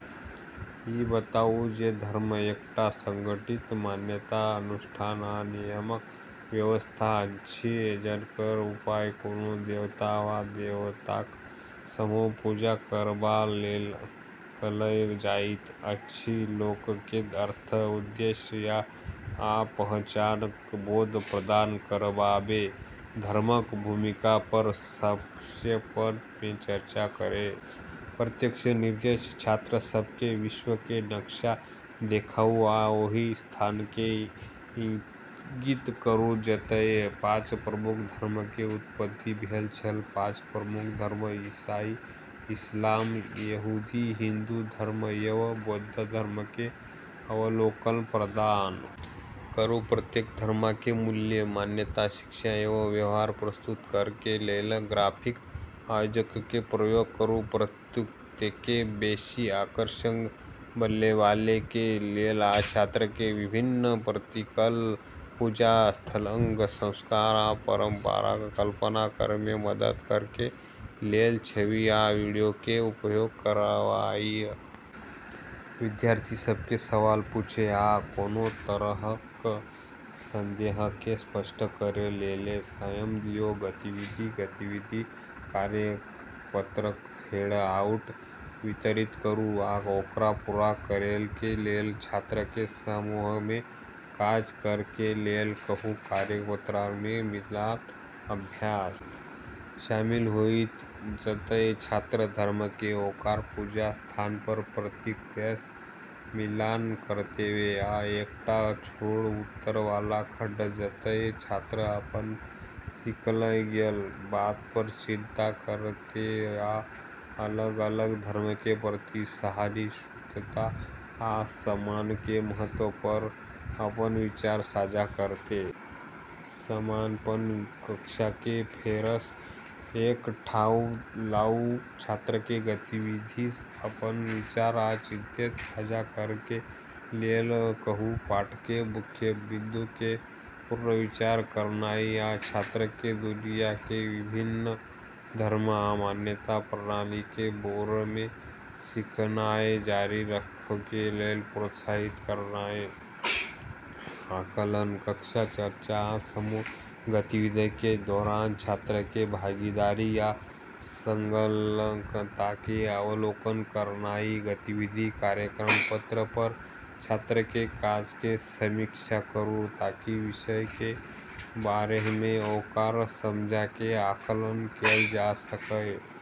ई बताउ जे धर्म एकटा संगठित मान्यता, अनुष्ठान आ नियमक व्यवस्था अछि जकर उपयोग कोनो देवता वा देवताक समूहक पूजा करबाक लेल कयल जाइत अछि लोककेँ अर्थ, उद्देश्य आ पहिचानक बोध प्रदान करबामे धर्मक भूमिका पर संक्षेपमे चर्चा करू। प्रत्यक्ष निर्देश: छात्र सबके विश्वके नक्शा देखाउ आ ओहि स्थानके इंगित करू जतय पांच प्रमुख धर्मके उत्पत्ति भेल छल पाँच प्रमुख धर्म – ईसाई, इस्लाम, यहूदी, हिन्दू धर्म एवं बौद्ध धर्मके अवलोकन प्रदान करू प्रत्येक धर्मके मूल मान्यता, शिक्षा एवं व्यवहार प्रस्तुत करैके लेल ग्राफिक आयोजकके प्रयोग करू प्रस्तुतिके बेशी आकर्षक बनेबाके लेल आ छात्रके विभिन्न प्रतीकक, पूजा स्थलक, संस्कार आ परंपराक कल्पना करैमे मदद करैके लेल छवि आ वीडियोके उपयोग करनाइ । विद्यार्थी सबके सवाल पूछै आ कोनो तरहक संदेहके स्पष्ट करै लेल समय दियौ। गतिविधि: गतिविधि कार्यपत्रक हैंडआउट वितरित करू आ ओकरा पूरा करैके लेल छात्रके समूहमे काज करैके लेल कहू। कार्यपत्रकमे मिलान अभ्यास शामिल होइत, जतय छात्र धर्मके ओकर पूजा स्थान या प्रतीकसँ मिलान करतै, आ एकटा छोट उत्तर वाला खंड, जतय छात्र अपन सीखल गेल बात पर चिंतन करतै आ अलग-अलग धर्मके प्रति सहिष्णुता आ सम्मानके महत्व पर अपन विचार साझा करतै । समापन: कक्षाके फेरसँ एक ठाम लाऊ आ छात्रके गतिविधिसँ अपन विचार आ चिंतन साझा करैके लेल कहू। पाठके मुख्य बिन्दुके पुनर्विचार करनाइ आ छात्रके दुनियाके विभिन्न धर्म आ मान्यता प्रणालीके बारेमे सीखनाय जारी राखैके लेल प्रोत्साहित करनाइ । आकलन: कक्षा चर्चा आ समूह गतिविधिके दौरान छात्रके भागीदारी आ संलग्नताके अवलोकन करनाइ । गतिविधि कार्यपत्रक पर छात्रके काजके समीक्षा करूं ताकि विषयके बारेमे ओकर समझके आकलन कैल जा सकय।